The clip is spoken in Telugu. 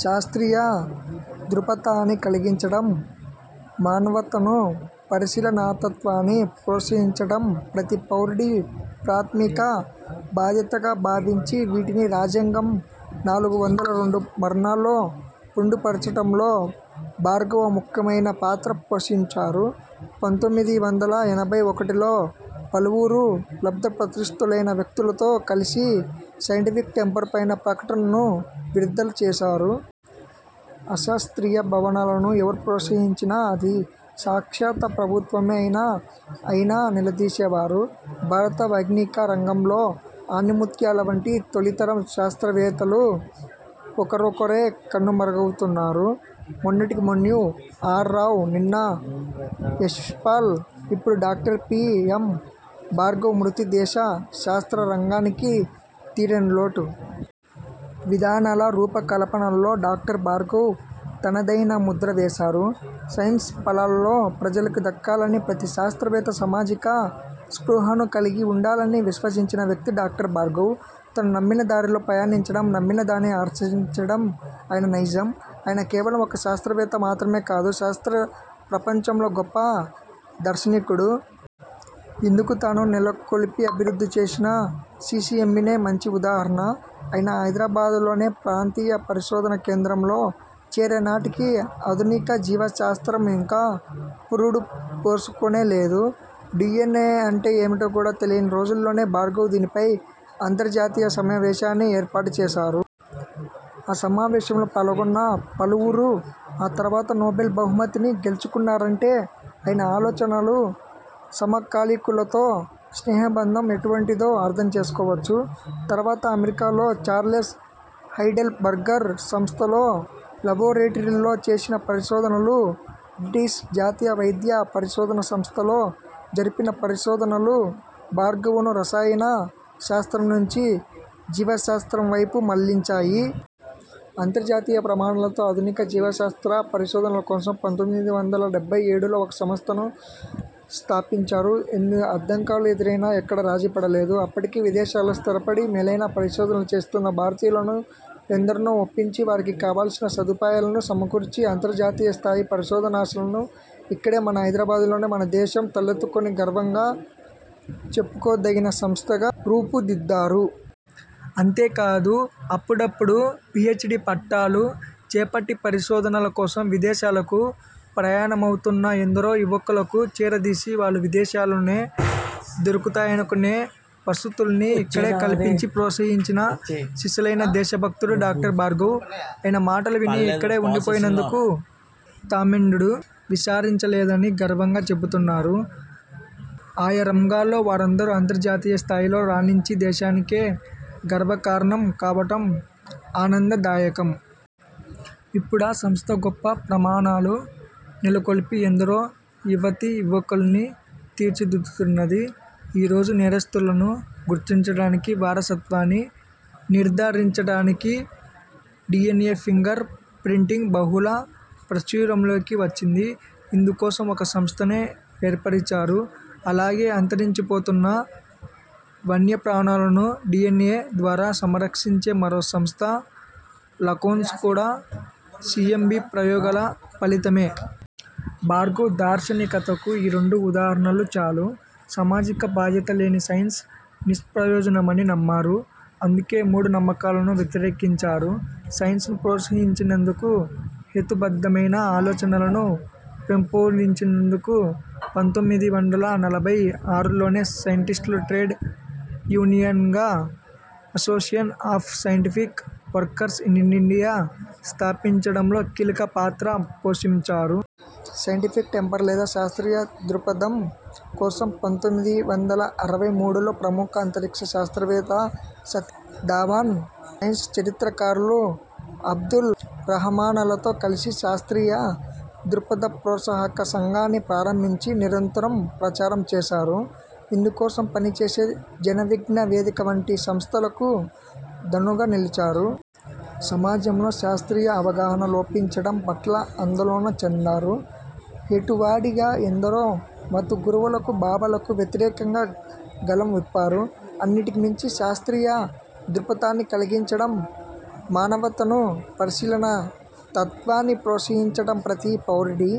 శాస్ర్తీయ దృక్పథాన్ని కలిగించటం, మానవతను, పరిశీలనాతత్వాన్ని ప్రోత్సహించటం ప్రతి పౌరుడి ప్రాథమిక బాధ్యతగా భావించి వీటిని రాజ్యాంగం నాలుగు వందల రెండు వరణలో పొందుపరచటంలో భార్గవ ముఖ్యమైన పాత్ర పోషించారు. పంతొమ్మిది వందల ఎనభై ఒకటిలో పలువురు లబ్దప్రతిష్టులైన వ్యక్తులతో కలిసి సైంటిఫిక్ టెంపర్ పైన ప్రకటనను విడుదల చేశారు. అశాస్ర్తీయ భావనలను ఎవరు ప్రోత్సహించినా, అది సాక్షాత ప్రభుత్వమే అయినా ఆయన నిలదీసేవారు. భారత వైజ్ఞానిక రంగంలో ఆణిముత్యాల వంటి తొలితరం శాస్త్రవత్తేలు ఒకరొకరే కనుమరుగవుతున్నారు. మొన్నటికి మొన్న యు. ఆర్. రావు, నిన్న యశ్పాల్, ఇప్పుడు డాక్టర్ పి. యం. భార్గవ మృతి దేశ శాస్త్ర రంగానికి తీరని లోటు. విధానాల రూపకల్పనలో డాక్టర్ భార్గవ తనదైన ముద్ర వేశారు. సైన్సు ఫలాలు ప్రజలకు దక్కాలనీ, ప్రతి శాస్త్రవేత్త సామాజిక స్పృహను కలిగి ఉండాలనీ విశ్వసించిన వ్యక్తి డాక్టర్ భార్గవ. తాను నమ్మిన దారిలో పయనించటం, నమ్మిన దాన్ని ఆచరించటం ఆయన నైజం. ఆయన కేవలం ఒక శాస్త్రవేత్త మాత్రమే కాదు శాస్త్ర ప్రపంచంలో గొప్ప దార్శనికుడు. ఇందుకు తాను నెలకొల్పి, అభివృద్ధి చేసిన సీసీఎంబీనే మంచి ఉదాహరణ. ఆయన హైదరాబాద్లోని ప్రాంతీయ పరిశోధనా కేంద్రం లో చేరే నాటికి ఆధునిక జీవ శాస్త్రం ఇంకా పురుడు పోసుకోనే లేదు. డీఎన్ఏ అంటే ఏమిటో కూడా తెలియని రోజుల్లోనే భార్గవ దీనిపై అంతర్జాతీయ సమావేశాన్ని ఏర్పాటుచేశారు. ఆ సమావేశంలో పాల్గొన్న పలువురు ఆ తర్వాత నోబెల్ బహుమతిని గెల్చుకున్నారంటే ఆయన ఆలోచనలు, సమకాలికులతో స్నేహ బంధం ఎటువంటిదో అర్థం చేసుకోవచ్చు. తర్వాత అమెరికాలో ఛార్లెస్ హైడెల్ బర్గర్ సంస్థలో లాబొరేటరీలో చేసిన పరిశోధనలు, బ్రిటిష్ జాతీయ వైద్య పరిశోధనా సంస్థలో జరిపిన పరిశోధనలు భార్గవను రసాయన శాస్త్రం నుంచి జీవశాస్త్రం వైపు మళ్లించాయి. అంతర్జాతీయ ప్రమాణాలతో ఆధునిక జీవశాస్త్ర పరిశోధనల కోసం పంతొమ్మిది వందల డెబ్బై ఏడులో ఒక సంస్థను స్థాపించారు. ఎన్ని అడ్డంకులెదురైనా ఎక్కడా రాజీపడలేదు. అప్పటికే విదేశాల్లో స్థిరపడి మేలైన పరిశోధనలు చేస్తున్న భారతీయులను ఎందరినో ఒప్పించి, వారికి కావలసిన సదుపాయాలను సమకూర్చి అంతర్జాతీయ స్థాయి పరిశోధనాశాలను ఇక్కడే, మన హైదరాబాద్లోనే మనదేశం తలెత్తుకుని గర్వంగా చెప్పుకోదగిన సంస్థగా రూపుదిద్దారు. అంతేకాదు, అప్పుడప్పుడే పీహెచ్డీ పట్టాలు చేపట్టి పరిశోధనల కోసం విదేశాలకు ప్రయాణమవుతున్న ఎందరో యువకులను చేరదీసి వాళ్లు విదేశాల్లోనే దొరుకుతాయనుకునే వసతుల్ని ఇక్కడే కల్పించి ప్రోత్సహించిన సిసలైన దేశభక్తుడు డాక్టర్ భార్గవ. ఆయన మాటలు విని ఇక్కడే ఉండిపోయినందుకు తామెన్నడూ విచారించలేదని గర్వంగా చెబుతున్నారు. ఆయా రంగాల్లో వారందరూ అంతర్జాతీయ స్థాయిలో రాణించి దేశానికే గర్వకారణం కావటం ఆనందదాయకం. ఇప్పుడా సంస్థ గొప్ప ప్రమాణాలు నెలకొల్పి ఎందరో యువతీయువకుల్ని తీర్చిదిద్దుతున్నది. ఈ రోజు నేరస్థులను గుర్తించటానికి, వారసత్వాన్ని నిర్ధారించటానికి డీఎన్ఏ ఫింగర్ ప్రింటింగ్ బహుళ ప్రాచుర్యంలోకి వచ్చింది. ఇందుకోసం ఒక సంస్థనే ఏర్పరిచారు. అలాగే అంతరించిపోతున్న వన్యప్రాణులను డీఎన్ఏ ద్వారా సంరక్షించే మరో సంస్థ లాకోన్స్ కూడా సీసీఎంబీ ప్రయోగాల ఫలితమే. భార్గవ దార్శనికతకు ఈ రెండు ఉదాహరణలు చాలు. సామాజిక బాధ్యత లేని సైన్సు నిష్ప్రయోజనమని నమ్మారు. అందుకే మూఢనమ్మకాలను వ్యతిరేకించారు. సైన్సును ప్రోత్సహించేందుకు, హేతుబద్దమైన ఆలోచనలను పెంపొందించేందుకు పంతొమ్మిది వందల నలభై ఆరులోనే సైంటిస్టుల ట్రేడ్ యూనియన్గా association of scientific workers in India స్థాపించడంలో కీలక పాత్ర పోషించారు. సైంటిఫిక్ టెంపర్ లేదా శాస్ర్తీయ దృక్పథం కోసమే పంతొమ్మిది వందల అరవై మూడులో ప్రముఖ అంతరిక్ష శాస్త్రవేత్త సతీష్ ధావన్, సైన్సు చరిత్రకారులు అబ్దుల్ రహమాన్లతో కలిసి శాస్ర్తీయ దృక్పథ ప్రోత్సాహక సంఘాన్ని ప్రారంభించి నిరంతరం ప్రచారం చేశారు. ఇందుకోసం పనిచేసే జనవిజ్ఞాన వేదిక వంటి సంస్థలకు దన్నుగా నిలిచారు. సమాజంలో శాస్ర్తీయ అవగాహన లోపించటం పట్ల ఆందోళన చెందారు. హేతువాదిగా ఎందరో మతగురువులకు, బాబాలకు వ్యతిరేకంగా గళం విప్పారు. అన్నింటికీ మించి శాస్ర్తీయ దృక్పథాన్ని కలిగించటం, మానవతను, పరిశీలనా తత్వాన్ని ప్రోత్సహించటం ప్రతి పౌరుడి